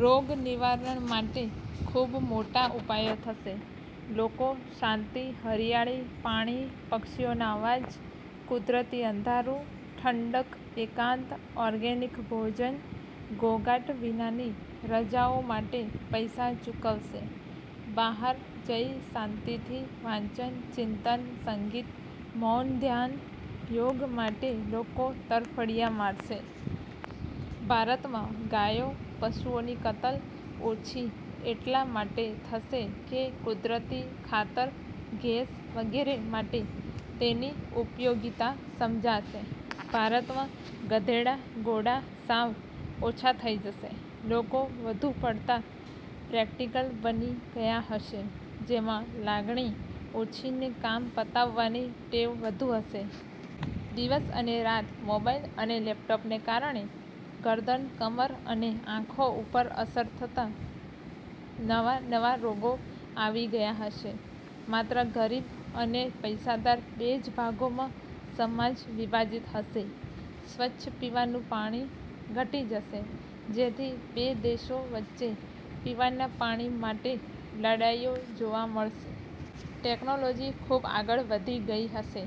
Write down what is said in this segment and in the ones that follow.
રોગ નિવારણ માટે ખૂબ મોટા ઉપાયો થશે. લોકો શાંતિ, હરિયાળી, પાણી, પક્ષીઓના અવાજ, કુદરતી અંધારું, ઠંડક, એકાંત, ઓર્ગેનિક ભોજન, ઘોંઘાટ વિનાની રજાઓ માટે પૈસા ચૂકવશે. બહાર જઈ શાંતિથી વાંચન, ચિંતન, સંગીત, મૌન, ધ્યાન, યોગ માટે લોકો તરફડીયા મારશે. ભારત માં ગાયો, પશુઓની કતલ ઓછી એટલા માટે થશે કે કુદરતી ખાતર, ગેસ, વગેરે માટે તેની ઉપયોગીતા સમજાશે. ભારતમાં ગધેડા, ઘોડા સાવ ઓછા થઈ જશે. લોકો વધુ પડતા પ્રેક્ટિકલ બની ગયા હશે જેમાં લાગણી ઓછીને કામ પતાવવાની ટેવ વધુ હશે. દિવસ અને રાત મોબાઈલ અને લેપટોપને કારણે ગરદન, કમર અને આંખો ઉપર અસર થતા નવા નવા રોગો આવી ગયા હશે. માત્ર ગરીબ અને પૈસાદાર બે જ ભાગોમાં સમાજ વિભાજિત હશે. સ્વચ્છ પીવાનું પાણી ઘટી જશે જેથી બે દેશો વચ્ચે પીવાના પાણી માટે લડાઈઓ જોવા મળશે. ટેકનોલોજી ખૂબ આગળ વધી ગઈ હશે.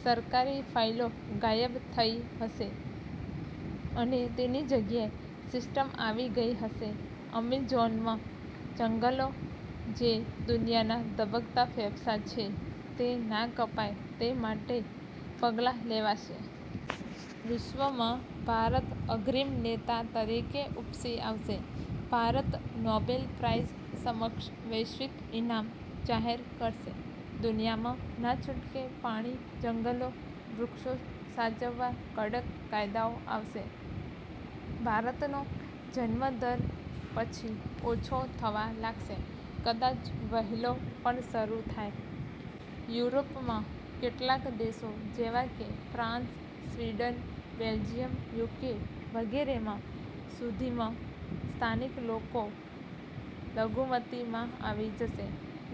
સરકારી ફાઈલો ગાયબ થઈ હશે અને તેની જગ્યાએ સિસ્ટમ આવી ગઈ હશે. અમેઝોનમાં જંગલો, જે દુનિયાના ધબકતા ફેફસા છે, તે ના કપાય તે માટે પગલાં લેવાશે. વિશ્વમાં ભારત અગ્રીમ નેતા તરીકે ઉપસી આવશે. ભારત નોબેલ પ્રાઇઝ સમકક્ષ વૈશ્વિક ઈનામ જાહેર કરશે. દુનિયામાં, નાછૂટકે, પાણી, જંગલો, વૃક્ષો સાચવવા કડક કાયદાઓ આવશે. ભારતનો જન્મ દર પછી ઓછો થવા લાગશે. કદાચ વહેલો પણ શરૂ થાય. યુરોપ માં કેટલાક દેશો જેવાકે ફ્રાન્સ, સ્વીડન, બેલ્જિયમ, યુકે વગેરે માં સુધીમાં સ્થાનિક લોકો લઘુમતી માં આવી જશે.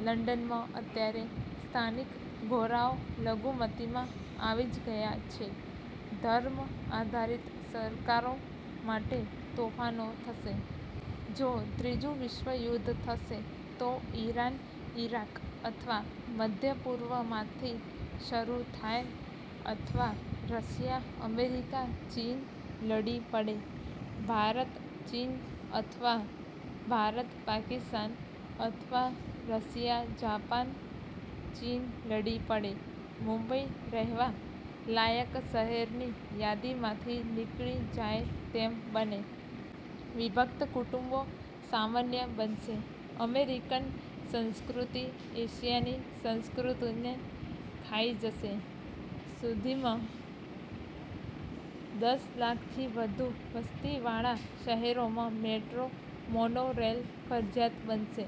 લંડનમાં અત્યારે સ્થાનિક ગોરાઓ લઘુમતીમાં આવી જ ગયા છે. ધર્મ આધારિત સરકારો માટે તોફાનો થશે. જો ત્રીજું વિશ્વ યુધ્ધ થશે તો ઈરાન, ઈરાક અથવા મધ્ય પૂર્વ માંથી શરૂ થાય અથવા રશિયા, અમેરિકા, ચીન લડી પડે. ભારત, ચીન, અથવા ભારત- પાકિસ્તાન અથવા રશિયા, જાપાન, ચીન લડી પડે. મુંબઈ રહેવા લાયક શહેરની યાદીમાંથી નીકળી જાય તેમ બને. વિભક્ત કુટુંબો સામાન્ય બનશે. અમેરિકન સંસ્કૃતિ એશિયાની સંસ્કૃતીને ખાઈ જશે. સુધીમાં દસ લાખ થી વધુ વસ્તી વાળા શહેરોમાં મેટ્રો, મોનો રેલ ફરજિયાત બનશે.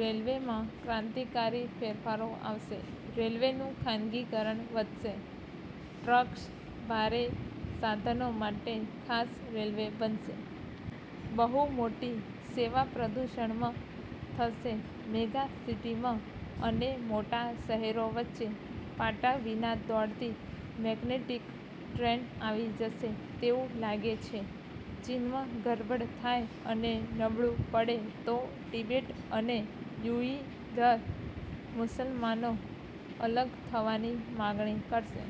રેલ્વે માં ક્રાંતિકારી ફેરફારો આવશે. રેલવે નું ખાનગીકરણ વધશે. ટ્રક્સ, ભારે સાધનો માટે ખાસ રેલ્વે બનશે. બહુ મોટી સેવા પ્રદૂષણમાં થશે. મેગા સિટી માં અને મોટા શહેરો વચ્ચે પાટા વિના દોડતી મેગ્નેટિક ટ્રેન આવી જશે તેવું લાગે છે. ચીનમાં ગરબડ થાય અને નબળુ પડે તો તિબેટ અને યુઈઘર મુસલમાનો અલગ થવાની માગણી કરશે.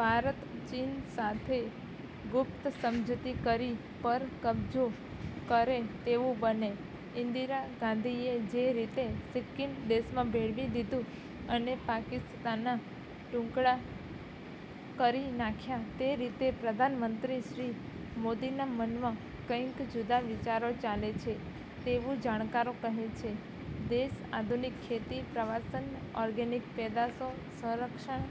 ભારત ચીન સાથે ગુપ્ત સમજૂતી કરી પર કબજો કરે તેવું બને. ઇન્દિરા ગાંધીએ જે રીતે સિક્કિમ દેશમાં ભેળવી દીધું અને પાકિસ્તાન ના ટુકડા કરી નાખ્યાં તે રીતે પ્રધાન મંત્રી શ્રી મોદીના મનમાં કંઇક જુદા વિચારો ચાલે છે તેવું જાણકારો કહે છે. દેશ આધુનિક ખેતી, પ્રવાસન, ઓર્ગેનિક પેદાશો, સંરક્ષણ